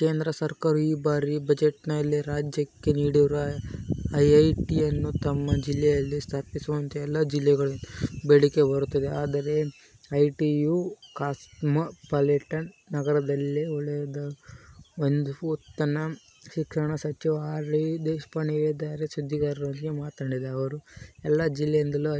ಕೇಂದ್ರ ಸರ್ಕಾರವು ಈ ಬಾರಿಯ ಬಜೆಟ್ನಲ್ಲಿ ರಾಜ್ಯಕೆ ನೀಡಿರುವ ಐಐಟಿಯನ್ನು ತಮ್ಮ ಜಿಲ್ಲೆಯಲ್ಲಿ ಸ್ಥಾಪಿಸುವಂತೆ ಎಲ್ಲಾ ಜಿಲ್ಲೆಗಳಿಂದಲೂ ಬೇಡಿಕೆ ಬರುತ್ತಿದೆ. ಆದರೆ ಐಐಟಿಯು ಕಾಸ್ಮೋಪಾಲಿಟನ್ ನಗರದಲ್ಲಾದರೆ ಒಳ್ಳೆಯದು ಎಂದು ಉನ್ನತ ಶಿಕ್ಷಣ ಸಚಿವ ಆರ್. ವಿ. ದೇಶಪಾಂಡೆ ಹೇಳಿದ್ದಾರೆ. ಸುದ್ದಿಗಾರರೊಂದಿಗೆ ಮಾತನಾಡಿದ ಅವರು, ಎಲ್ಲಾ ಜಿಲ್ಲೆಗಳಿಂದಲೂ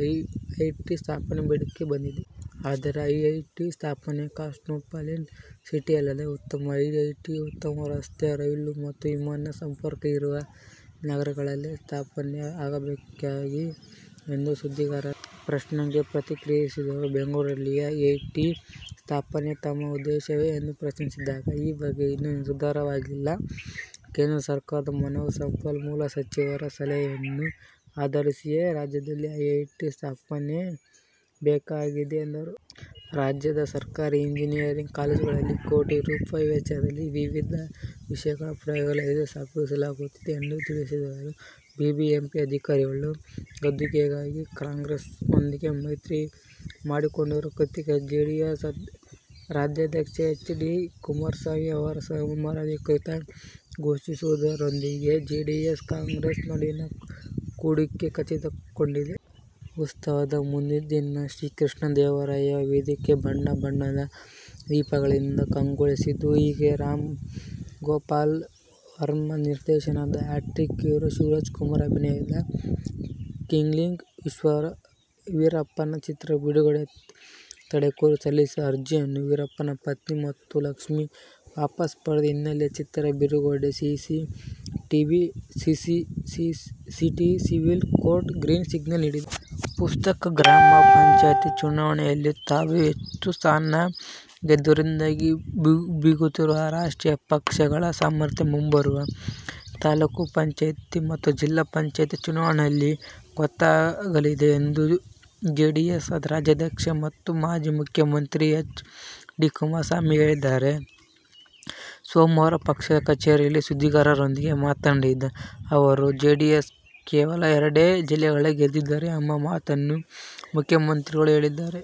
ಐಐಟಿ ಸ್ಥಾಪನೆಗೆ ಬೇಡಿಕೆ ಬಂದಿದೆ. ಆದರೆ ಐಐಟಿ ಸ್ಥಾಪನೆ ಕಾಸ್ಮೋಪಾಲಿಟನ್ ಸಿಟಿಯಲ್ಲಾದರೆ ಉತ್ತಮ. ಐಐಟಿಯು ಉತ್ತಮವಾದ ರಸ್ತೆ, ರೈಲು ಮತ್ತು ವಿಮಾನ ಸಂಪರ್ಕ ಇರುವ ನಗರಗಳಲ್ಲೇ ಸ್ಥಾಪನೆ ಆಗಬೇಕಾಗಿದೆ ಎಂದು ಸುದ್ದಿಗಾರರ ಪ್ರಶ್ನೆಗೆ ಪ್ರತಿಕ್ರಿಯಿಸಿದರು. ಬೆಂಗಳೂರಿನಲ್ಲಿಯೇ ಐಐಟಿ ಸ್ಥಾಪನೆ ತಮ್ಮ ಉದ್ದೇಶವೇ ಎಂದು ಪ್ರಶ್ನಿಸಿದಾಗ, ಈ ಬಗ್ಗೆ ಇನ್ನೂ ನಿರ್ಧಾರವಾಗಿಲ್ಲ. ಕೇಂದ್ರ ಸರ್ಕಾರದ ಮಾನವ ಸಂಪನ್ಮೂಲ ಸಚಿವರ ಸಲಹೆಯನ್ನು ಆಧರಿಸಿಯೇ ರಾಜ್ಯದಲ್ಲಿ ಐಐಟಿ ಸ್ಥಾಪಿಸಬೇಕಾಗಿದೆ ಎಂದರು. ರಾಜ್ಯದ ಸರ್ಕಾರಿ ಇಂಜಿನಿಯರಿಂಗ್ ಕಾಲೇಜುಗಳಲ್ಲಿ ಕೋಟಿ ರೂಗಳ ವೆಚ್ಚದಲ್ಲಿ ವಿವಿಧ ವಿಷಯಗಳ ಪ್ರಯೋಗಾಲಯ ಸ್ಥಾಪಿಸಲಾಗುತ್ತಿದೆ ಎಂದೂ ತಿಳಿಸಿದರು. ಬಿಬಿಎಂಪಿ ಅಧಿಕಾರ ಗದ್ದುಗೆಗಾಗಿ ಕಾಂಗ್ರೆಸ್ನೊಂದಿಗೆ ಮೈತ್ರಿ ಮಾಡಿಕೊಂಡಿರುವ ಕುರಿತು ಜೆಡಿಎಸ್ ರಾಜ್ಯಾಧ್ಯಕ್ಷ ಎಚ್. ಡಿ. ಕುಮಾರಸ್ವಾಮಿ ಅವರು ಸೋಮವಾರ ಅಧಿಕೃತವಾಗಿ ಘೋಷಿಸುವುದರೊಂದಿಗೆ ಜೆಡಿಎಸ್-ಕಾಂಗ್ರೆಸ್ ನಡುವಿನ ಕೂಡಿಕೆ ಖಚಿತಗೊಂಡಿದೆ. ಉತ್ಸವದ ಮುನ್ನಾದಿನ ಶ್ರೀಕೃಷ್ಣದೇವರಾಯ ವೇದಿಕೆ ಬಣ್ಣ, ಬಣ್ಣದ ದೀಪಗಳಿಂದ ಕಂಗೊಳಿಸಿದ್ದು ಹೀಗೆ. ರಾಮ್ ಗೋಪಾಲ್ ವರ್ಮಾ ನಿರ್ದೇಶನದ, ಹ್ಯಾಟ್ರಿಕ್ ಹೀರೋ ಶಿವರಾಜ್ ಕುಮಾರ್ ಅಭಿನಯದ ಕಿಲ್ಲಿಂಗ್ ವೀರಪ್ಪನ್ ಚಿತ್ರ ಬಿಡುಗಡೆಗೆ ತಡೆಕೋರಿ ಸಲ್ಲಿಸಿದ್ದ ಅರ್ಜಿಯನ್ನು ವೀರಪ್ಪನ್ ಪತ್ನಿ ಮುತ್ತುಲಕ್ಷ್ಮಿ ವಾಪಸ್ ಪಡೆದ ಹಿನ್ನೆಲೆಯಲ್ಲಿ ಚಿತ್ರ ಬಿಡುಗಡೆಗೆ city civil court green signal ನೀಡಿದೆ. ಪ್ರಸಕ್ತ ಗ್ರಾಮ ಪಂಚಾಯ್ತಿ ಚುನಾವಣೆಯಲ್ಲಿ ತಾವೇ ಹೆಚ್ಚು ಸ್ಥಾನ ಗೆದ್ದಿರುವುದಾಗಿ ಬೀಗುತ್ತಿರುವ ರಾಷ್ಟ್ರೀಯ ಪಕ್ಷಗಳ ಸಾಮರ್ಥ್ಯ ಮುಂಬರುವ ತಾಲೂಕು ಪಂಚಾಯ್ತಿ ಮತ್ತು ಜಿಲ್ಲಾ ಪಂಚಾಯ್ತಿ ಚುನಾವಣೆಗಳಲ್ಲಿ ಗೊತ್ತಾಗಲಿದೆ ಎಂದು ಜೆಡಿಎಸ್ ರಾಜ್ಯಾಧ್ಯಕ್ಷ ಮತ್ತು ಮಾಜಿ ಮುಖ್ಯಮಂತ್ರಿ ಎಚ್. ಡಿ. ಕುಮಾರಸ್ವಾಮಿ ಹೇಳಿದ್ದಾರೆ. ಸೋಮವಾರ ಪಕ್ಷದ ಕಚೇರಿಯಲ್ಲಿ ಸುದ್ದಿಗಾರರೊಂದಿಗೆ ಮಾತನಾಡಿದ ಅವರು, ಜೆಡಿಎಸ್ ಕೇವಲ ಎರಡೇ ಜಿಲ್ಲೆಗಳಲ್ಲಿ ಗೆದ್ದಿದೆ ಎಂಬ ಮಾತನ್ನು ಮುಖ್ಯಮಂತ್ರಿಗಳು ಹೇಳಿದ್ದಾರೆ.